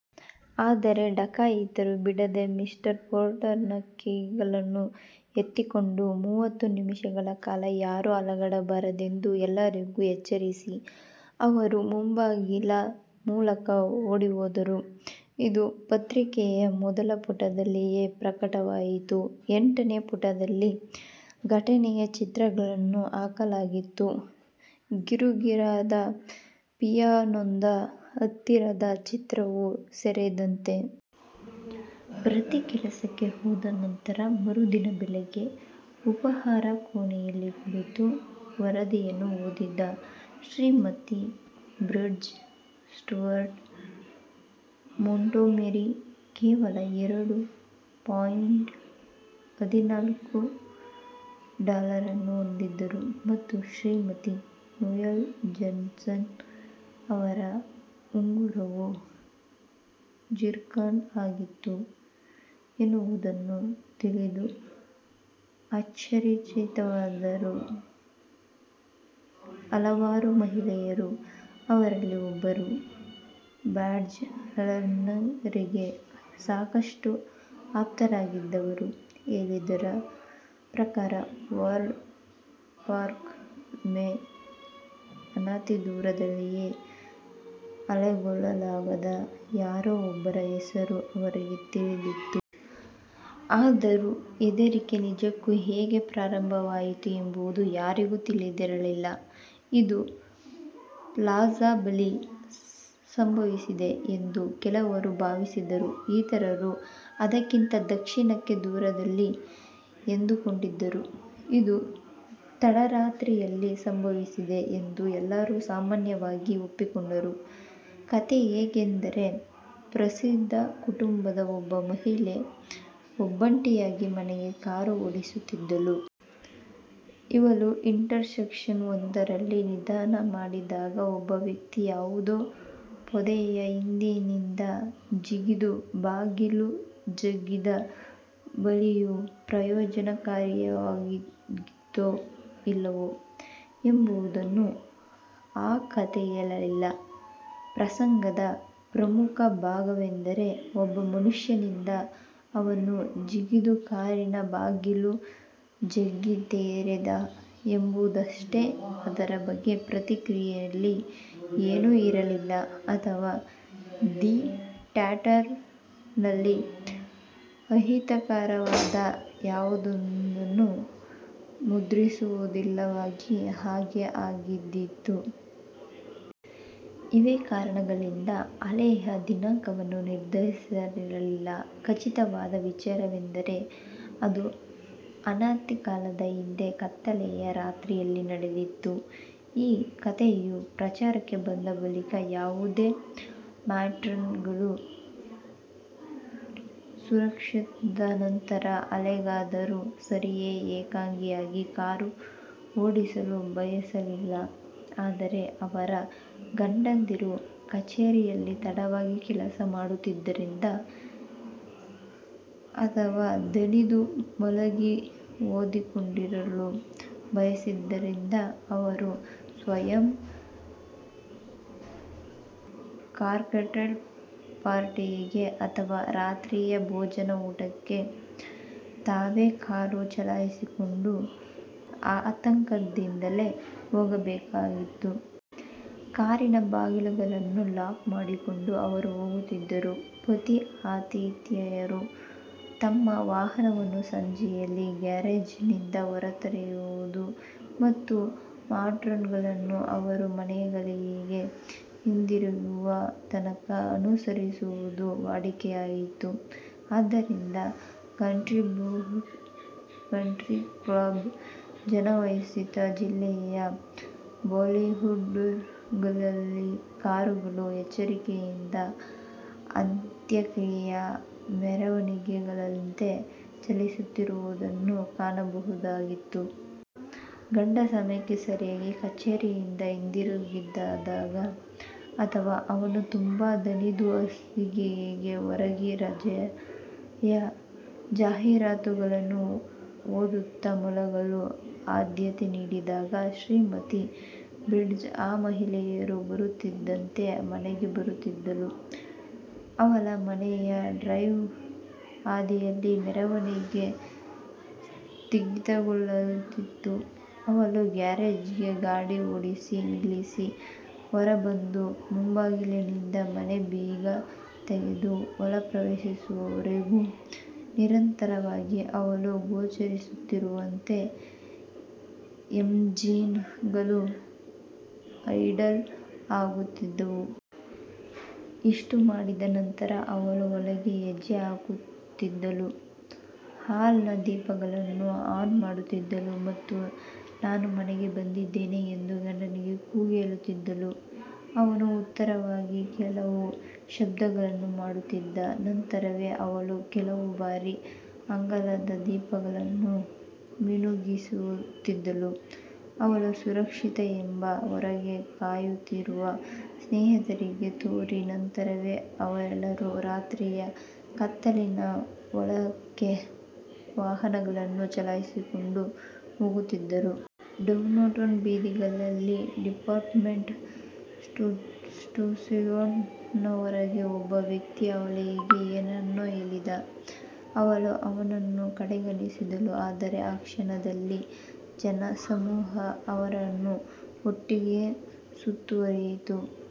ಆದರೆ ಡಕಾಯಿತರು ಬಿಡದೆ mister Porter ನ ಕೀಗಳನ್ನು ಎತ್ತಿಕೊಂಡರು. ಮೂವತ್ತು ನಿಮಿಷಗಳ ಕಾಲ ಯಾರೂ ಅಲ್ಲಾಡಬಾರದೆಂದು ಎಲ್ಲರಿಗೂ ಎಚ್ಚರಿಸಿ ಅವರು ಮುಂಬಾಗಿಲ ಮೂಲಕ ಓಡಿಹೋದರು. ಇದು ಪತ್ರಿಕೆಯ ಮೊದಲ ಪುಟದಲ್ಲಿಯೇ ಪ್ರಕಟವಾಯಿತು. ಎಂಟನೇ ಪುಟದಲ್ಲಿ ಘಟನೆಯ ಚಿತ್ರಗಳನ್ನು ಹಾಕಲಾಗಿತ್ತು. ಗೀರುಗೀರಾದ ಪಿಯಾನೋದ ಹತ್ತಿರದ ಚಿತ್ರವೂ ಸೇರಿದಂತೆ. ಪತಿ ಕೆಲಸಕ್ಕೆ ಹೋದ ನಂತರ ಮರುದಿನ ಬೆಳಿಗ್ಗೆ ಉಪಾಹಾರ ಕೋಣೆಯಲ್ಲಿ ಕುಳಿತು ವರದಿಯನ್ನು ಓದಿದ ಶ್ರೀಮತಿ ಬ್ರಿಡ್ಜ್, ಸ್ಟುವರ್ಟ್ ಮಾಂಟ್ಗೊಮೆರಿ ಕೇವಲ ಎರಡು ಪಾಯಿಂಟ್ ಹದಿನಾಲ್ಕು ಡಾಲರನ್ನು ಹೊಂದಿದ್ದರು ಮತ್ತು ಶ್ರೀಮತಿ ನೋಯೆಲ್ ಜಾನ್ಸನ್ ಅವರ ಉಂಗುರವು ಜಿರ್ಕಾನ್ ಆಗಿತ್ತು ಎನ್ನುವುದನ್ನು ತಿಳಿದು ಆಶ್ಚರ್ಯಚಕಿತರಾದರು. ಹಲವಾರು ಮಹಿಳೆಯರು, ಅವರಲ್ಲಿ ಒಬ್ಬರು ಮ್ಯಾಡ್ಜ್ ಅರ್ಲೆನ್ ರಿಗೆ ಸಾಕಷ್ಟು ಆಪ್ತರಾಗಿದ್ದವರು ಹೇಳಿದ್ದರ ಪ್ರಕಾರ ವಾರ್ಡ್ ಪಾರ್ಕ್ ವೇ ಅನತಿದೂರದಲ್ಲಿಯೇ ಹಲ್ಲೆಗೊಳಗಾದ ಯಾರೋ ಒಬ್ಬರ ಹೆಸರು ಅವರಿಗೆ ತಿಳಿದಿತ್ತು. ಆದರೂ ಹೆದರಿಕೆ ನಿಜಕ್ಕೂ ಹೇಗೆ ಪ್ರಾರಂಭವಾಯಿತು ಎಂಬುದು ಯಾರಿಗೂ ತಿಳಿದಿರಲಿಲ್ಲ. ಇದು ಪ್ಲಾಜಾ ಬಳಿ ಸಂಭವಿಸಿದೆ ಎಂದು ಕೆಲವರು ಭಾವಿಸಿದರು, ಇತರರು ಅದಕ್ಕಿಂತ ದಕ್ಷಿಣಕ್ಕೆ ದೂರದಲ್ಲಿ ಎಂದುಕೊಂಡಿದ್ದರು ಇದು ತಡರಾತ್ರಿಯಲ್ಲಿ ಸಂಭವಿಸಿದೆ ಎಂದು ಎಲ್ಲರೂ ಸಾಮಾನ್ಯವಾಗಿ ಒಪ್ಪಿಕೊಂಡರು. ಕಥೆ ಹೇಗೆಂದರೆ, ಪ್ರಸಿದ್ಧ ಕುಟುಂಬದ ಒಬ್ಬ ಮಹಿಳೆ ಒಬ್ಬಂಟಿಯಾಗಿ ಮನೆಗೆ ಕಾರು ಓಡಿಸುತ್ತಿದ್ದಳು. ಅವಳು ಇಂಟರ್ಸೆಕ್ಷನ್ ಒಂದರಲ್ಲಿ ನಿಧಾನ ಮಾಡಿದ್ದಾಗ ಒಬ್ಬ ವ್ಯಕ್ತಿ ಯಾವುದೋ ಪೊದೆಯ ಹಿಂದಿನಿಂದ ಜಿಗಿದು ಬಾಗಿಲು ಜಗ್ಗಿದ್ದ. ದಾಳಿಯು ಪ್ರಯೋಜನಕಾರಿಯಾಗಿತ್ತೋ ಇಲ್ಲವೋ ಎಂಬುದನ್ನು ಆ ಕಥೆ ಹೇಳಲಿಲ್ಲ. ಪ್ರಸಂಗದ ಪ್ರಮುಖ ಭಾಗವೆಂದರೆ ಒಬ್ಬ ಮನುಷ್ಯನಿದ್ದ, ಅವನು ಜಿಗಿದು ಕಾರಿನ ಬಾಗಿಲು ಜಗ್ಗಿ ತೆರೆದ ಎಂಬುದಷ್ಟೇ. ಅದರ ಬಗ್ಗೆ ಪತ್ರಿಕೆಯಲ್ಲಿ ಏನೂ ಇರಲಿಲ್ಲ, ಅಥವಾ ದಿ ಟ್ಯಾಟ್ಲರ್ ನಲ್ಲಿ ಅಹಿತಕರವಾದ ಯಾವುದನ್ನೂ ಮುದ್ರಿಸುವುದಿಲ್ಲವಾಗಿ ಹಾಗೆ ಆಗಿದ್ದೀತು. ಇವೇ ಕಾರಣಗಳಿಂದ ಹಲ್ಲೆಯ ದಿನಾಂಕವನ್ನು ನಿರ್ಧರಿಸಲಾಗಿರಲಿಲ್ಲ. ಖಚಿತವಾದ ವಿಚಾರವೆಂದರೆ ಅದು ಅನತಿಕಾಲದ ಹಿಂದೆ ಕತ್ತಲೆಯ ರಾತ್ರಿಯಲ್ಲಿ ನಡೆದಿತ್ತು. ಈ ಕಥೆಯು ಪ್ರಚಾರಕ್ಕೆ ಬಂದ ಬಳಿಕ ಯಾವುದೇ ಮಾಟ್ರಾನ್ ಗಳು ಸೂರ್ಯಾಸ್ತದ ನಂತರ ಎಲ್ಲಿಗಾದರೂ ಸರಿಯೆ ಏಕಾಂಗಿಯಾಗಿ ಕಾರು ಓಡಿಸಲು ಬಯಸಲಿಲ್ಲ. ಅದರೆ ಅವರ ಗಂಡಂದಿರು ಕಚೇರಿಯಲ್ಲಿ ತಡವಾಗಿ ಕೆಲಸ ಮಾಡುತ್ತಿದ್ದರಿಂದ ಅಥವಾ ದಣಿದು ಮಲಗಿ ಓದಿಕೊಂಡಿರಲು ಬಯಸಿದ್ದರಿಂದ ಅವರು ಸ್ವತಃ ಕಾಕ್ಟೈಲ್ ಪಾರ್ಟಿಗೆ ಅಥವಾ ರಾತ್ರಿಯ ಭೋಜನ ಕೂಟಕ್ಕೆ ತಾವೇ ಕಾರು ಚಲಾಯಿಸಿಕೊಂಡು ಆತಂಕದಿಂದಲೇ ಹೋಗಬೇಕಾಗಿತ್ತು. ಕಾರಿನ ಬಾಗಿಲುಗಳನ್ನು ಲಾಕ್ ಮಾಡಿಕೊಂಡು ಅವರು ಹೋಗುತ್ತಿದ್ದರು. ಪತಿ-ಆತಿಥೇಯರು ತಮ್ಮ ವಾಹನವನ್ನು ಸಂಜೆಯಲ್ಲಿ ಗ್ಯಾರೇಜ್ ನಿಂದ ಹೊರತೆಗೆಯುವುದು ಮತ್ತು ಮಾಟ್ರಾನ್ ಗಳನ್ನು ಅವರು ಮನೆಗಳಿಗೆ ಹಿಂತಿರುಗುವ ತನಕ ಅನುಸರಿಸುವುದು ವಾಡಿಕೆಯಾಯಿತು. ಆದ್ದರಿಂದ ಕಂಟ್ರಿ ಕ್ಲಬ್ ಜನವಸತಿ ಜಿಲ್ಲೆಯ ಬೌಲೆವಾರ್ಡ್ ಗಳಲ್ಲಿ ಕಾರುಗಳು ಎಚ್ಚರಿಕೆಯಿಂದ ಅಂತ್ಯಕ್ರಿಯೆಯ ಮೆರವಣಿಗೆಗಳಂತೆ ಚಲಿಸುತ್ತಿರುವುದನ್ನು ಕಾಣಬಹುದಾಗಿತ್ತು. ಗಂಡ ಸಮಯಕ್ಕೆ ಸರಿಯಾಗಿ ಕಚೇರಿಯಿಂದ ಹಿಂತಿರುಗದಿದ್ದಾಗ, ಅಥವಾ ಅವನು ತುಂಬಾ ದಣಿದು ಹಾಸಿಗೆಗೆ ಒರಗಿ ರಜೆಯ ಜಾಹೀರಾತುಗಳನ್ನು ಓದುತ್ತ ಮಲಗಲು ಆದ್ಯತೆ ನೀಡಿದಾಗ ಶ್ರೀಮತಿ ಬ್ರಿಡ್ಜ್ ಆ ಮಹಿಳೆಯರು ಬರುತ್ತಿದ್ದಂತೆ ಮನೆಗೆ ಬರುತ್ತಿದ್ದಳು. ಅವಳ ಮನೆಯ ಡ್ರೈವ್ ಹಾದಿಯಲ್ಲಿ ಮೆರವಣಿಗೆ ಸ್ಥಗಿತಗೊಳ್ಳುತ್ತಲಿತ್ತು. ಅವಳು ಗ್ಯಾರೇಜ್ ಗೆ ಗಾಡಿ ಓಡಿಸಿ, ನಿಲ್ಲಿಸಿ ಹೊರಬಂದು ಮುಂಬಾಗಿಲಿನಿಂದ ಮನೆ ಬೀಗ ತೆಗೆದು ಒಳಪ್ರವೇಶಿಸುವವರೆಗೂ ನಿರಂತರವಾಗಿ ಅವಳು ಗೋಚರಿಸುತ್ತಿರುವಂತೆ ಎಂಜಿನ್ ಗಳು ಐಡಲ್ ಆಗುತ್ತಿದ್ದವು. ಇಷ್ಟು ಮಾಡಿದ ನಂತರ ಅವಳು ಒಳಗೆ ಹೆಜ್ಜೆ ಹಾಕುತ್ತಿದ್ದಳು. ಹಾಲ್ ನ ದೀಪಗಳನ್ನು ಆನ್ ಮಾಡುತ್ತಿದ್ದಳು ಮತ್ತು "ನಾನು ಮನೆಗೆ ಬಂದಿದ್ದೇನೆ" ಎಂದು ಗಂಡನಿಗೆ ಕೂಗಿ ಹೇಳುತ್ತಿದ್ದಳು. ಅವನು ಉತ್ತರವಾಗಿ ಕೆಲವು ಶಬ್ದಗಳನ್ನು ಮಾಡುತ್ತಿದ್ದ. ನಂತರವೇ ಅವಳು ಕೆಲವು ಬಾರಿ ಅಂಗಳದ ದೀಪಗಳನ್ನು ಮಿನುಗಿಸುತ್ತಿದ್ದಳು. ಅವಳು ಸುರಕ್ಷಿತ ಎಂದು ಹೊರಗೆ ಕಾಯುತ್ತಿರುವ ಸ್ನೇಹಿತರಿಗೆ ತೋರಿ, ನಂತರವೇ ಅವರೆಲ್ಲರೂ ರಾತ್ರಿಯ ಕತ್ತಲಿನ ಒಳಕ್ಕೆ ವಾಹನಗಳನ್ನು ಚಲಾಯಿಸಿಕೊಂಡು ಹೋಗುತ್ತಿದ್ದರು. ಡೌನ್ಟೌನ್ ಬೀದಿಯಲ್ಲಿನ ಡಿಪಾರ್ಟ್ಮೆಂಟ್ ಸ್ಟೋರ್ಸಿನ ಹೊರಗೆ ಒಬ್ಬ ವ್ಯಕ್ತಿ ಅವಳಿಗೆ ಏನನ್ನೋ ಹೇಳಿದ. ಅವಳು ಅವನನ್ನು ಕಡೆಗಣಿಸಿದಳು. ಆದರೆ ಆ ಕ್ಷಣದಲ್ಲಿ ಜನಸಮೂಹ ಅವರನ್ನು ಒಟ್ಟಿಗೆ ಸುತ್ತುವರಿಯಿತು.